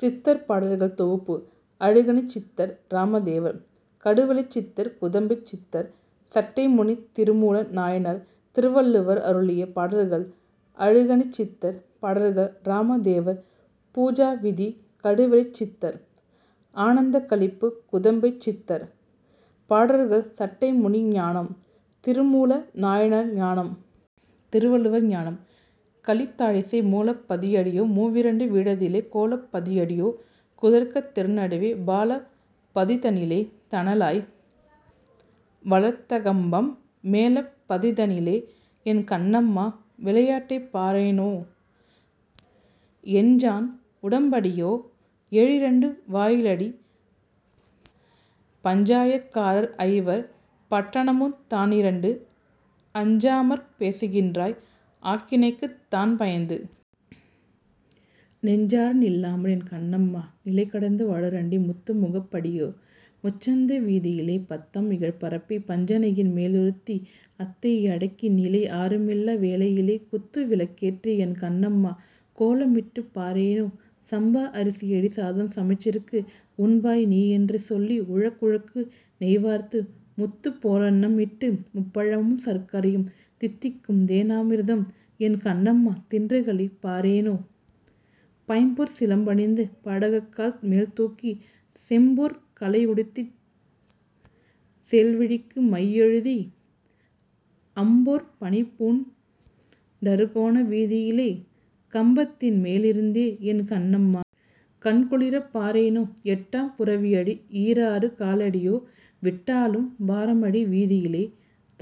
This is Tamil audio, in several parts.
சித்தர் பாடல்கள் தொகுப்பு அழுகணிச் சித்தர் இராமதேவர் கடுவெளிச் சித்தர் குதம்பைச் சித்தர் சட்டைமுனி திருமூல நாயனார் திருவள்ளுவர் அருளிய பாடல்கள் அழுகணிச் சித்தர் பாடல்கள் இராமதேவர் பூஜாவிதி கடுவெளிச் சித்தர் ஆனந்தக் களிப்பு குதம்பைச் சித்தர் பாடல்கள் சட்டைமுனி ஞானம் திருமூல நாயனார் ஞானம் திருவள்ளுவர் ஞானம் கலித்தாழிசை மூலப் பதியடியோ மூவிரண்டு வீடதிலே கோலப் பதியடியோ குதர்க்கத் தெருநடுவே பாலப் பதிதனிலே தணலாய் வளர்த்தகம்பம் மேலப் பதிதனிலே என் கண்ணம்மா விளையாட்டைப் பாரேனோ எண்சாண் உடம்படியோ ஏழிரண்டு வாயிலடி பஞ்சாயக் காரர்ஐவர் பட்டணமுந் தானிரண்டு அஞ்சாமற் பேசுகின்றாய் ஆக்கினைக்குத் தான்பயந்து நெஞ்சார நில்லாமல் என் கண்ணம்மா நிலைகடந்து வாடுறண்டி முத்து முகப்படியோ முச்சந்தி வீதியிலே பத்தாம் இதழ்பரப்பிப் பஞ்சணையின் மேலிருத்தி அத்தை யடக்கிநிலை ஆருமில்லா வேளையிலே குத்து விளக்கேற்றி என் கண்ணம்மா கோலமிட்டுப் பாரேனோ சம்பா அரிசியடி சாதம் சமைத்திருக்க உண்பாய் நீயென்று சொல்லி உழக்குழக்கு நெய்வார்த்து முத்துப் போலன்னமிட்டு முப்பழமும் சர்க்கரையும் தித்திக்குந் தேனாமிர்தம் என் கண்ணம்மா தின்றுகளைப் பாரேனோ பைம்பொற் சிலம்பணிந்து பாடகக்கால் மேல்தூக்கிச் செம்பொற் கலையுடுத்திச் சேல்விழிக்கு மையெழுதி அம்பொற் பணிபூண் டறுகோண வீதியிலே கம்பத்தின் மேலிருந்தே என் கண்ணம்மா! கண்குளிரப் பாரேனோ! எட்டாப் புரவியடி யீராறு காலடியோ விட்டாலும் பாரமடி வீதியிலே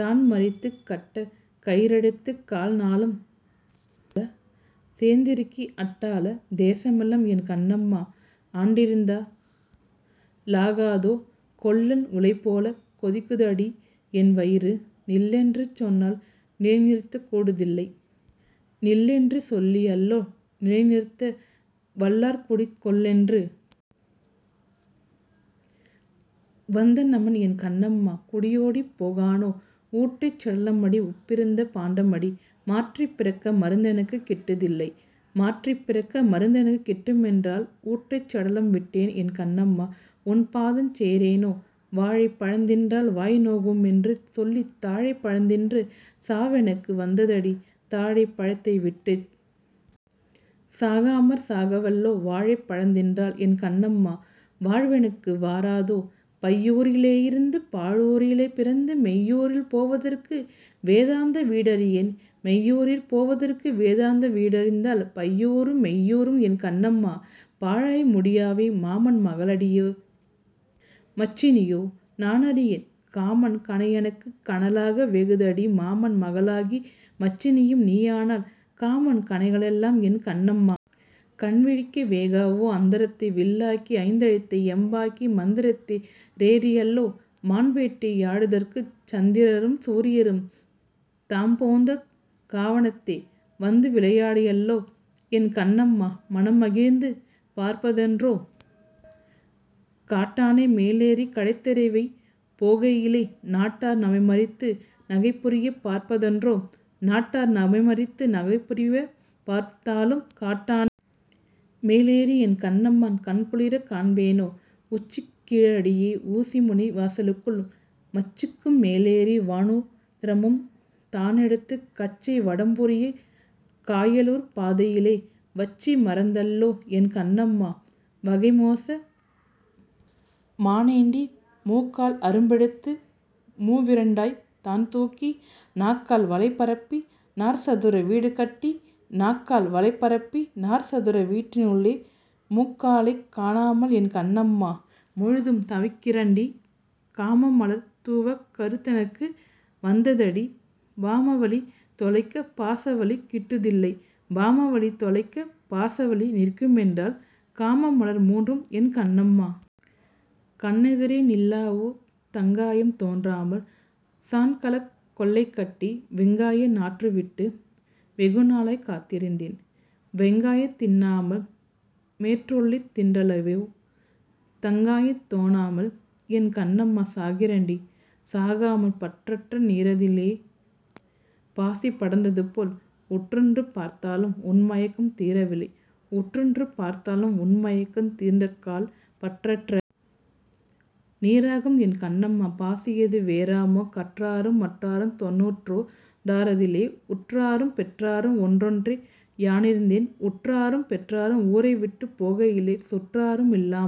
தான்மறித்துக் கட்டக் கயிறெடுத்துக் கால்நாலும் சேர்த்திறுக்கி அட்டாள தேசமெல்லாம் என் கண்ணம்மா ஆண்டிருந்தா லாகாதோ கொல்லன் உலைபோலக் கொதிக்குதடி யென்வயிறு நில்லென்று சொன்னால் நிலைநிறுத்தக் கூடுதில்லை நில்லென்று சொல்லியல்லோ நிலைநிறுத்த வல்லார்க்குக் கொல்லென்று வந்தநமன் என் கண்ணம்மா குடியோடிப் போகானோ ஊற்றைச் சடலமடி உப்பிருந்த பாண்டமடி மாற்றிப் பிறக்க மருந்தெனக்குக் கிட்டுதில்லை மாற்றிப் பிறக்க மருந்தெனக்கு கிட்டுமென்றால் ஊற்றைச் சடலம் விட்டேஎன் கண்ணம்மா உன்பாதஞ் சேரேனோ வாழைப் பழந்தின்றால் வாய்நோகு மென்றுசொல்லித் தாழைப் பழத்தின்று சாவெனக்கு வந்ததடி தாழைப் பழத்தைவிட்டுச் சாகாமற் சாகவல்லோ வாழைப் பழந்தின்றால் என் கண்ணம்மா வாழ்வெனக்கு வாராதோ பையூரி லேயிருந்து பாழூரிலே பிறந்து மெய்யூரில் போவதற்கு வேதாந்த வீடறியேன் மெய்யூரிற் போவதற்கு வேதாந்த வீடறிந்தால் பையூரும் மெய்யூரும் என் கண்ணம்மா பாழாய் முடியாவோ மாமன் மகளடியோ மச்சினியோ நானறியேன் காமன் கணையெனக்குக் கனலாக வேகுதடி மாமன் மகளாகி மச்சினியும் நீயானால் காமன் கணைகளெல்லாம் என் கண்ணம்மா! கண்விழிக்க வேகாவோ அந்தரத்தை வில்லாக்கி ஐந்தெழுத்தை யம்பாக்கி மந்திரத்தே ரேறியல்லோ மான்வேட்டை யாடுதற்குச் சந்திரரும் சூரியரும் தாம்போந்த காவனத்தே வந்துவிளை யாடியல்லோ என் கண்ணம்மா மனமகிழ்ந்து பார்ப்பதென்றோ! காட்டானை மேலேறிக் கடைத்தெருவே போகையிலே நாட்டார் நமைமறித்து நகைபுரியப் பார்ப்பதென்றோ நாட்டார் நமைமறித்து நகைபுரியப் பார்த்தாலும் காட்டானை மேலேறி என் கண்ணம்மா கண்குளிரக் காண்பேனோ உச்சிக்குக் கீழடியோ ஊசிமுனை வாசலுக்குள் மச்சுக்கு மேலேறி வானுதிரம் தானேடுத்துக் கச்சை வடம்புரியக் காயலூர்ப் பாதையிலே வச்சு மறந்தல்லோ என் கண்ணம்மா வகைமோச மானேண்டி மூக்கால் அரும்பெடுத்து மூவிரண்டாய்த் தான்தூக்கி நாக்கால் வளைபரப்பி நாற்சதுர வீடுகட்டி நாக்கால் வலைபரப்பி நாற்சதுர வீட்டினுள்ளே மூக்காலைக் காணாமல் என் கண்ணம்மா முழுதும் தவிக்கிறண்டி காமமலர் தூவக் கருத்தெனக்கு வந்ததடி பாமவலி தொலைக்கப் பாசவலி கிட்டுதில்லை பாமவலி தொலைக்கப் பாசவலி நிற்குமென்றால் காமமலர் மூன்றும் என் கண்ணம்மா! கண்ணெதிரே நில்லாவோ! தங்காயம் தோன்றாமல் சாண்கலக் கொல்லைகட்டி வெங்காய நாற்றுவிட்டு வெகுநாளாய்க் காத்திருந்தேன் வெங்காயந் தின்னாமல் மேற்றொல்லைத் தின்றலவோ தங்காயந் தோணாமல் என் கண்ணம்மா சாகிறண்டி சாகாமல் பற்றற்ற நீரதிலே பாசி படர்ந்ததுபோல் உற்றுற்றுப் பார்த்தாலும் உன்மயக்கம் தீரவில்லை உற்றுற்றுப் பார்த்தாலும் உன்மயக்கந் தீர்ந்தக்கால் பற்றற்ற நீராகும் என் கண்ணம்மா பாசியது வேறாமோ கற்றாரும் மற்றாருந் தொண்ணூற்றோ டாறதிலே உற்றாரும் பெற்றாரும் ஒன்றென்றே யானிருந்தேன் உற்றாரும் பெற்றாரும் ஊரைவிட்டுப் போகையிலே சுற்றாரு மில்லாமல்